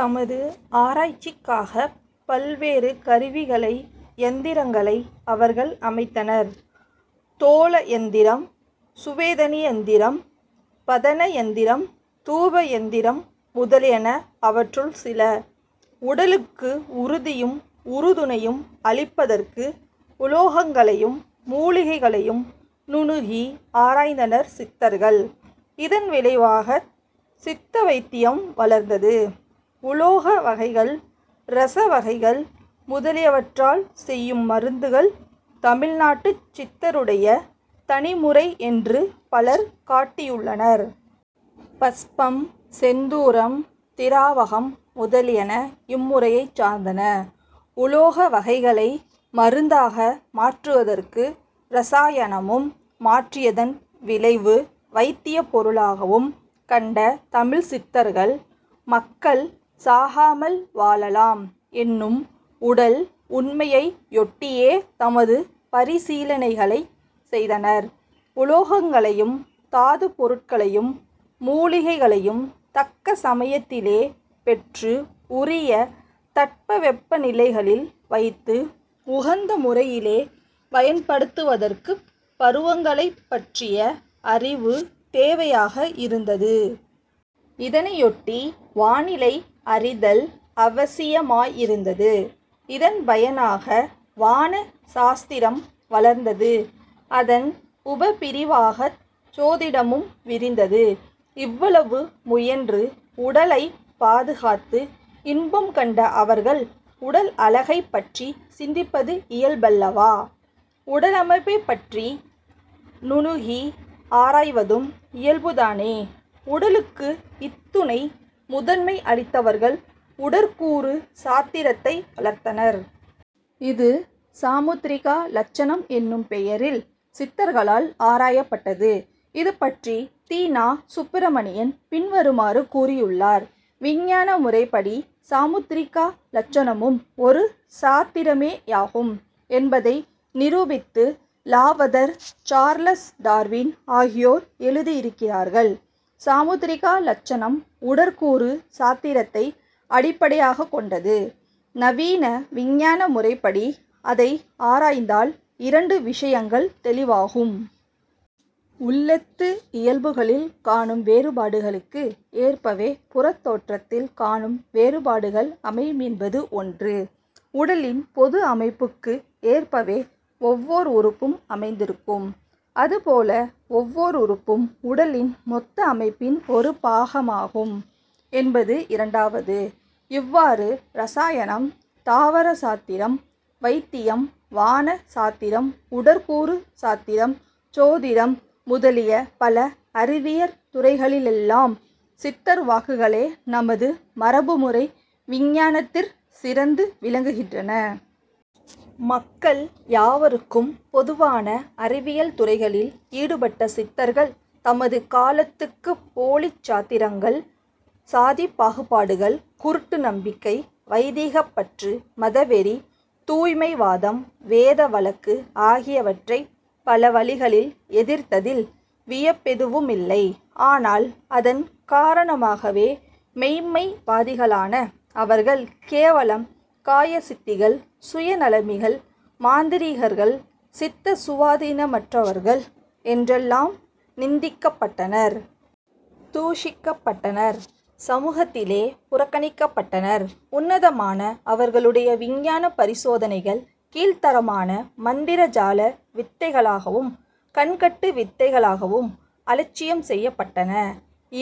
தமது ஆராய்ச்சிக்காகப் பல்வேறு கருவிகளை யந்திரங்களை அவர்கள் அமைத்தனர். தோலயந்திரம், சுவேதனியந்திரம், பதன யந்திரம், தூபயந்திரம் முதலியன அவற்றுள் சில. உடலுக்கு உறுதியும் உறுதுணையும் அளிப்பதற்கு உலோகங்களையும் மூலிகைகளையும் நுணுகி ஆராய்ந்தனர் சித்தர்கள். இதன் விளைவாகச் சித்த வைத்தியம் வளர்ந்தது. உலோக வகைகள், இரசவகைகள் முதலியவற்றால் செய்யும் மருந்துகள், தமிழ் நாட்டுச் சித்தருடைய தனிமுறை என்று பலர் காட்டியுள்ளனர். பஸ்பம், செந்தூரம், திராவகம் முதலியன இம்முறையைச் சார்ந்தன. உலோக வகைகளை மருந்தாக மாற்றுவதற்கு இரசாயனமும், மாற்றியதன் விளைவு வைத்தியப் பொருளாகவும் கண்ட தமிழ்ச் சித்தர்கள், மக்கள் சாகாமல் வாழலாம் என்னும் உடல் உண்மையை யொட்டியே தமது பரிசீலனைகளைச் செய்தனர். உலோகங்களையும், தாதுப் பொருட்களையும் மூலிகைகளையும் தக்க சமயத்திலே பெற்று, உரிய தட்பவெப்ப நிலைகளில் வைத்து, உகந்த முறையிலே பயன்படுத்துவதற்குப் பருவங்களைப் பற்றிய அறிவு தேவையாக இருந்தது. இதனையொட்டி வானிலை அறிதல் அவசியமாயிருந்தது. இதன் பயனாக வான சாஸ்திரம் வளர்ந்தது. அதன் உபபிரிவாகச் சோதிடமும் விரிந்தது. இவ்வளவு முயன்று உடலைப் பாதுகாத்து இன்பம் கண்ட அவர்கள் உடல் அழகைப் பற்றி சிந்திப்பது இயல்பல்லவா? உடலமைப்பைப் பற்றி நுணுகி ஆராய்வதும் இயல்புதானே. உடலுக்கு இத்துணை முதன்மை அளித்தவர்கள் உடற்கூறு சாத்திரத்தை வளர்த்தனர். இது சாமுத்திரிகா லட்சணம் என்னும் பெயரில் சித்தர்களால் ஆராயப்பட்டது. இதுபற்றி தி. நா. சுப்பிரமணியன் பின்வருமாறு கூறியுள்ளார்: "விஞ்ஞான முறைப்படி சாமுத்திரிகா லட்சணமும் ஒரு சாத்திரமேயாகும் என்பதை நிரூபித்து, லாவதர், சார்லஸ் டார்வின் ஆகியோர் எழுதியிருக்கிறார்கள். சாமுத்திரிகா லட்சணம் உடற்கூறு சாத்திரத்தை அடிப்படையாகக் கொண்டது. நவீன விஞ்ஞான முறைப்படி அதை ஆராய்ந்தால் இரண்டு விஷயங்கள் தௌிவாகும். உள்ளத்து இயல்புகளில் காணும் வேறுபாடுகளுக்கு ஏற்பவே புறத்தோற்றத்தில் காணும் வேறுபாடுகள் அமையும் என்பது ஒன்று. உடலின் பொது அமைப்புக்கு ஏற்பவே ஒவ்வோர் உறுப்பும் அமைந்திருக்கும். அதுபோல ஒவ்வோர் உறுப்பும் உடலின் மொத்த அமைப்பின் ஒரு பாகமாகும் என்பது இரண்டாவது. " இவ்வாறு இரசாயனம், தாவர சாத்திரம், வைத்தியம், வானசாத்திரம், உடற்கூறு சாத்திரம், சோதிடம் முதலிய பல அறிவியற் துறைகளிலெல்லாம் சித்தர் வாக்குகளே நமது மரபு முறை விஞ்ஞானத்திற் சிறந்து விளங்குகின்றன. மக்கள் யாவருக்கும் பொதுவான அறிவியல் துறைகளில் ஈடுபட்ட சித்தர்கள் தமது காலத்துக்குப் போலிச் சாத்திரங்கள், சாதிப் பாகுபாடுகள், குருட்டு நம்பிக்கை, வைதிகப் பற்று, மதவெறி, தூய்மை வாதம், வேத வழக்கு ஆகியவற்றைப் பல வழிகளில் எதிர்த்ததில் வியப்பெதுவுமில்லை. ஆனால் அதன் காரணமாகவே மெய்ம்மை வாதிகளான அவர்கள் கேவலம் காய சித்திகள், சுயநலமிகள், மாந்திரீகர்கள், சித்த சுவாதீனமற்றவர்கள் என்றெல்லாம் நிந்திக்கப்பட்டனர். தூஷிக்கப்பட்டனர். சமூகத்திலே புறக்கணிக்கப்பட்டனர். உன்னதமான அவர்களுடைய விஞ்ஞானப் பரிசோதனைகள் கீழ்த்தரமான மந்திர ஜால வித்தைகளாகவும், கண்கட்டு வித்தைகளாகவும், அலட்சியம் செய்யப்பட்டன.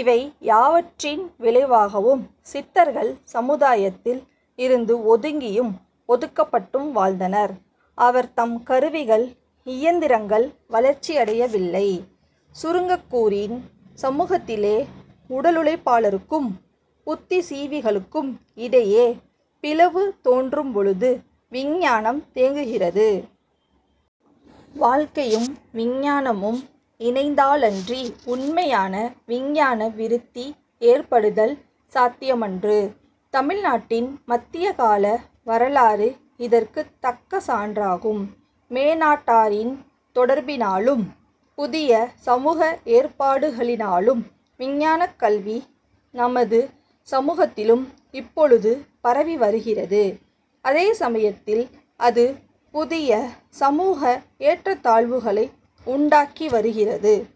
இவை யாவற்றின் விளைவாகவும் சித்தர்கள் சமுதாயத்தில் இருந்து ஒதுங்கியும், ஒதுக்கப்பட்டும் வாழ்ந்தனர். அவர்தம் கருவிகள் இயந்திரங்கள் வளர்ச்சியடைய வில்லை. சுருங்கக்கூறின், சமூகத்திலே உடலுழைப்பாளருக்கும் புத்திசீவிகளுக்கும் இடையே பிளவு தோன்றும் பொழுது விஞ்ஞானம் தேங்குகிறது. வாழ்க்கையும் விஞ்ஞானமும் இணைந்தாலன்றி உண்மையான விஞ்ஞான விருத்தி ஏற்படுதல் சாத்தியமன்று. தமிழ் நாட்டின் மத்தியகால வரலாறு இதற்குத் தக்க சான்றாகும். மேனாட்டாரின் தொடர்பினாலும், புதிய சமூக ஏற்பாடுகளினாலும் விஞ்ஞானக் கல்வி, நமது சமூகத்திலும் இப்பொழுது பரவி வருகிறது. அதே சமயத்தில் அது புதிய சமூக ஏற்றத்தாழ்வுகளை உண்டாக்கி வருகிறது.